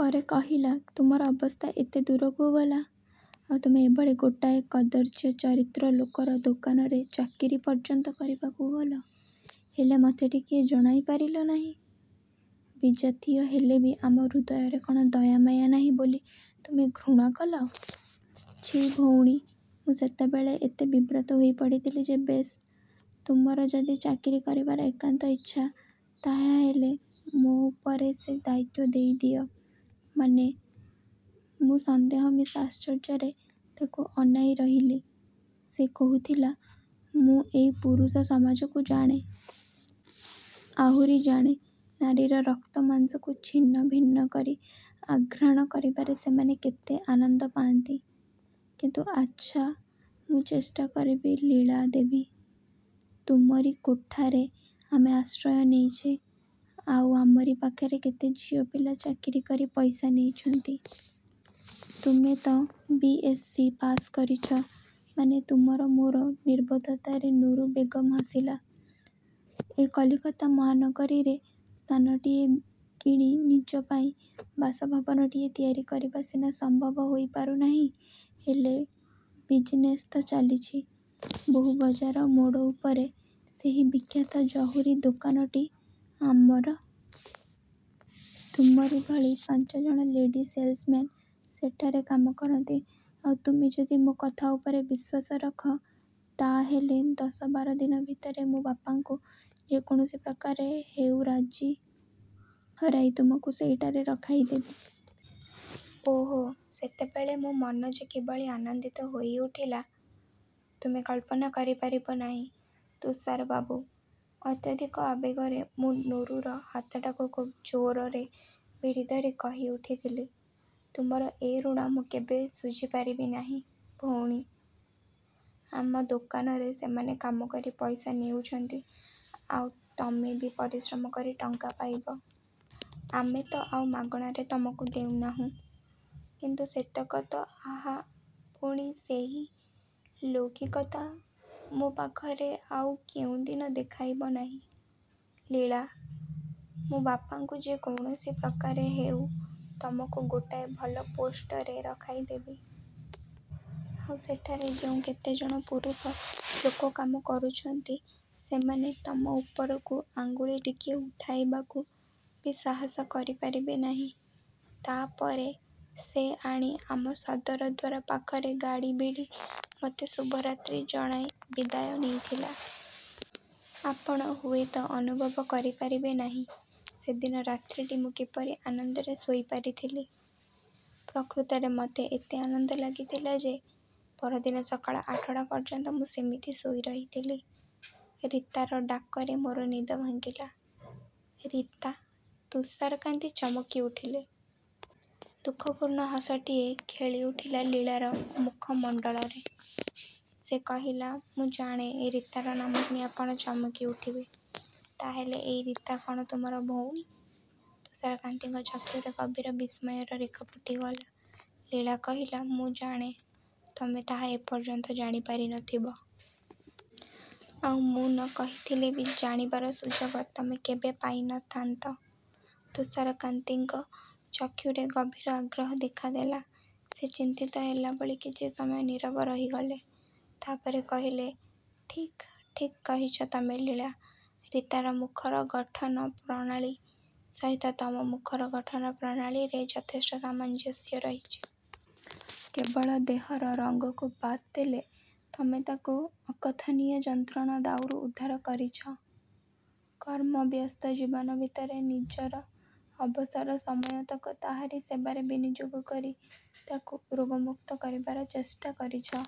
ପରେ କହିଲା, ତୁମର ଅବସ୍ଥା ଏତେ ଦୂରକୁ ଗଲା, ଆଉ ତୁମେ ଏଭଳି ଗୋଟାଏ କଦର୍ଯ୍ୟ ଚରିତ୍ର ଲୋକର ଦୋକାନରେ ଚାକିରି ପର୍ଯ୍ୟନ୍ତ କରିବାକୁ ଗଲ, ହେଲେ ମୋତେ ଟିକିଏ ଜଣାଇପାରିଲ ନାହିଁ? ବିଜାତୀୟ ହେଲେ ବି ଆମ ହୃଦୟରେ କଣ ଦୟା ମାୟା ନାହିଁ ବୋଲି ତୁମେ ଘୃଣା କଲ? ଛି, ଭଉଣୀ ମୁଁ ସେତେବେଳେ ଏତେ ବିବ୍ରତ ହୋଇପଡ଼ିଥିଲି ଯେ ବେଶ୍, ତୁମର ଯଦି ଚାକିରି କରିବାର ଏକାନ୍ତ ଇଚ୍ଛା, ତା ହେଲେ ମୋ ଉପରେ ସେ ଦାୟିତ୍ୱ ଦେଇଦିଅ। ମାନେ? ମୁଁ ସନ୍ଦେହ ମିଶା ଆଶ୍ଚର୍ଯ୍ୟରେ ତାକୁ ଅନାଇ ରହିଲି। ସେ କହୁଥିଲା, ମୁଁ ଏଇ ପୁରୁଷ ସମାଜକୁ ଜାଣେ। ଆହୁରି ଜାଣେ, ନାରୀର ରକ୍ତ ମାଂସକୁ ଛିନ୍ନଭିନ୍ନ କରି ଆଘ୍ରାଣ କରିବାରେ ସେମାନେ କେତେ ଆନନ୍ଦ ପାଆନ୍ତି। କିନ୍ତୁ ଆଚ୍ଛା, ମୁଁ ଚେଷ୍ଟା କରିବି ଲୀଳା ଦେବୀ। ତୁମରି କୋଠାରେ ଆମେ ଆଶ୍ରୟ ନେଇଛେ, ଆଉ ଆମରି ପାଖରେ କେତେ ଝିଅ ପିଲା ଚାକିରି କରି ପଇସା ନେଇଛନ୍ତି। ତୁମେ ତ ବି.ଏସ୍‌ସି. ପାସ୍ କରିଛ ମାନେ ତୁମର ମୋର ନିର୍ବୋଧତାରେ ନୁରୁ ବେଗମ୍ ହସିଲା। ଏ କଲିକତା ମହାନଗରୀରେ ସ୍ଥାନଟିଏ କିଣି ନିଜ ପାଇଁ ବାସଭବନଟିଏ ତିଆରି କରିବା ସିନା ସମ୍ଭବ ହୋଇପାରୁନାହିଁ, ହେଲେ ବିଜିନେସ୍ ତ ଚାଲିଛି। ବହୁବଜାର ମୋଡ଼ ଉପରେ ସେହି ବିଖ୍ୟାତ ଜହୁରୀ ଦୋକାନଟି ଆମର! ତୁମରି ଭଳି ପାଞ୍ଚ ଜଣ ଲେଡି ସେଲ୍ସମ୍ୟାନ୍ ସେଠାରେ କାମ କରନ୍ତି। ଆଉ ତୁମେ ଯଦି ମୋ କଥା ଉପରେ ବିଶ୍ୱାସ ରଖ, ତା ହେଲେ ଦଶ ବାର ଦିନ ଭିତରେ ମୁଁ ବାପାଙ୍କୁ ଯେ କୌଣସି ପ୍ରକାରେ ହେଉ ରାଜି କରାଇ ତୁମକୁ ସେହିଠାରେ ରଖାଇ ଦେବି। ଓଃ, ସେତେବେଳେ ମୋ ମନ ଯେ କିଭଳି ଆନନ୍ଦିତ ହୋଇଉଠିଲା, ତୁମେ କଳ୍ପନା କରିପାରିବ ନାହିଁ, ତୁଷାର ବାବୁ। ଅତ୍ୟଧିକ ଆବେଗରେ ମୁଁ ନୁରୁର ହାତଟାକୁ ଖୁବ୍ ଜୋରରେ ଭିଡ଼ିଧରି କହିଉଠିଥିଲି, ତୁମର ଏ ଋଣ ମୁଁ କେବେ ଶୁଝିପାରିବି ନାହିଁ, ଭଉଣୀ। ଆମ ଦୋକାନରେ ସେମାନେ କାମ କରି ପଇସା ନେଉଛନ୍ତି ଆଉ ତମେ ବି ପରିଶ୍ରମ କରି ଟଙ୍କା ପାଇବ। ଆମେ ତ ଆଉ ମାଗଣାରେ ତମକୁ ଦେଉନାହୁଁ? କିନ୍ତୁ ସେତକ ତ ଆହା, ପୁଣି ସେହି ଲୌକିକତା ମୋ ପାଖରେ ଆଉ କେଉଁ ଦିନ ଦେଖାଇବ ନାହିଁ, ଲୀଳା। ମୁଁ ବାପାଙ୍କୁ ଯେ କୌଣସି ପ୍ରକାରେ ହେଉ, ତମକୁ ଗୋଟାଏ ଭଲ ପୋଷ୍ଟରେ ରଖାଇ ଦେବି। ଆଉ ସେଠାରେ ଯେଉଁ କେତେ ଜଣ ପୁରୁଷ ଲୋକ କାମ କରୁଛନ୍ତି, ସେମାନେ ତମ ଉପରକୁ ଆଙ୍ଗୁଳି ଟିକିଏ ଉଠାଇବାକୁ ବି ସାହସ କରିପାରିବେ ନାହିଁ। ତା ପରେ ସେ ଆଣି ଆମ ସଦର ଦ୍ୱାର ପାଖରେ ଗାଡ଼ି ଭିଡ଼ି ମୋତେ ଶୁଭରାତ୍ରି ଜଣାଇ ବିଦାୟ ନେଇଥିଲା। ଆପଣ ହୁଏତ ଅନୁଭବ କରିପାରିବେ ନାହିଁ, ସେଦିନ ରାତ୍ରିଟି ମୁଁ କିପରି ଆନନ୍ଦରେ ଶୋଇପାରିଥିଲି। ପ୍ରକୃତରେ ମୋତେ ଏତେ ଆନନ୍ଦ ଲାଗିଥିଲା ଯେ, ପରଦିନ ସକାଳ ଆଠଟା ପର୍ଯ୍ୟନ୍ତ ମୁଁ ସେମିତି ଶୋଇ ରହିଥିଲି। ରୀତାର ଡାକରେ ମୋର ନିଦ ଭାଙ୍ଗିଲା। ରୀତା! ତୁଷାରକାନ୍ତି ଚମକିଉଠିଲେ। ଦୁଃଖପୂର୍ଣ୍ଣ ହସଟିଏ ଖେଳିଉଠିଲା ଲୀଳାର ମୁଖମଣ୍ଡଳରେ। ସେ କହିଲା, ମୁଁ ଜାଣେ ରୀତାର ନାମ ଶୁଣି ଆପଣ ଚମକିଉଠିବେ। ତା ହେଲେ ଏଇ ରୀତା କଣ ତୁମର ଭଉଣୀ? ତୁଷାରକାନ୍ତିଙ୍କ ଚକ୍ଷୁରେ ଗଭୀର ବିସ୍ମୟର ରେଖା ଫୁଟିଉଠିଲା। ଲୀଳା କହିଲା, ମୁଁ ଜାଣେ, ତମେ ତାହା ଏ ପର୍ଯ୍ୟନ୍ତ ଜାଣିପାରି ନଥିବ। ଆଉ ମୁଁ ନ କହିଥିଲେ ବି ଜାଣିବାର ସୁଯୋଗ ତମେ କେବେ ପାଇନଥାନ୍ତ। ତୁଷାରକାନ୍ତିଙ୍କ ଚକ୍ଷୁରେ ଗଭୀର ଆଗ୍ରହ ଦେଖାଦେଲା। ସେ ଚିନ୍ତିତ ହେଲା ଭଳି କିଛି ସମୟ ନୀରବ ରହିଗଲେ। ତା ପରେ କହିଲେ, ଠିକ୍ ଠିକ୍ କହିଛ ତମେ ଲୀଳା। ରୀତାର ମୁଖର ଗଠନ ପ୍ରଣାଳୀ ସହିତ ତମ ମୁଖର ଗଠନ ପ୍ରଣାଳୀରେ ଯଥେଷ୍ଟ ସାମଞ୍ଜସ୍ୟ ରହିଛି। କେବଳ ଦେହର ରଙ୍ଗକୁ ବାଦ୍ ଦେଲେ ତମେ ତାକୁ ଅକଥନୀୟ ଯନ୍ତ୍ରଣା ଦାଉରୁ ଉଦ୍ଧାର କରିଛ। କର୍ମବ୍ୟସ୍ତ ଜୀବନ ଭିତରେ ନିଜର ଅବସର ସମୟତକ ତାହାରି ସେବାରେ ବିନିଯୋଗ କରି ତାକୁ ରୋଗମୁକ୍ତ କରିବାର ଚେଷ୍ଟା କରିଛ।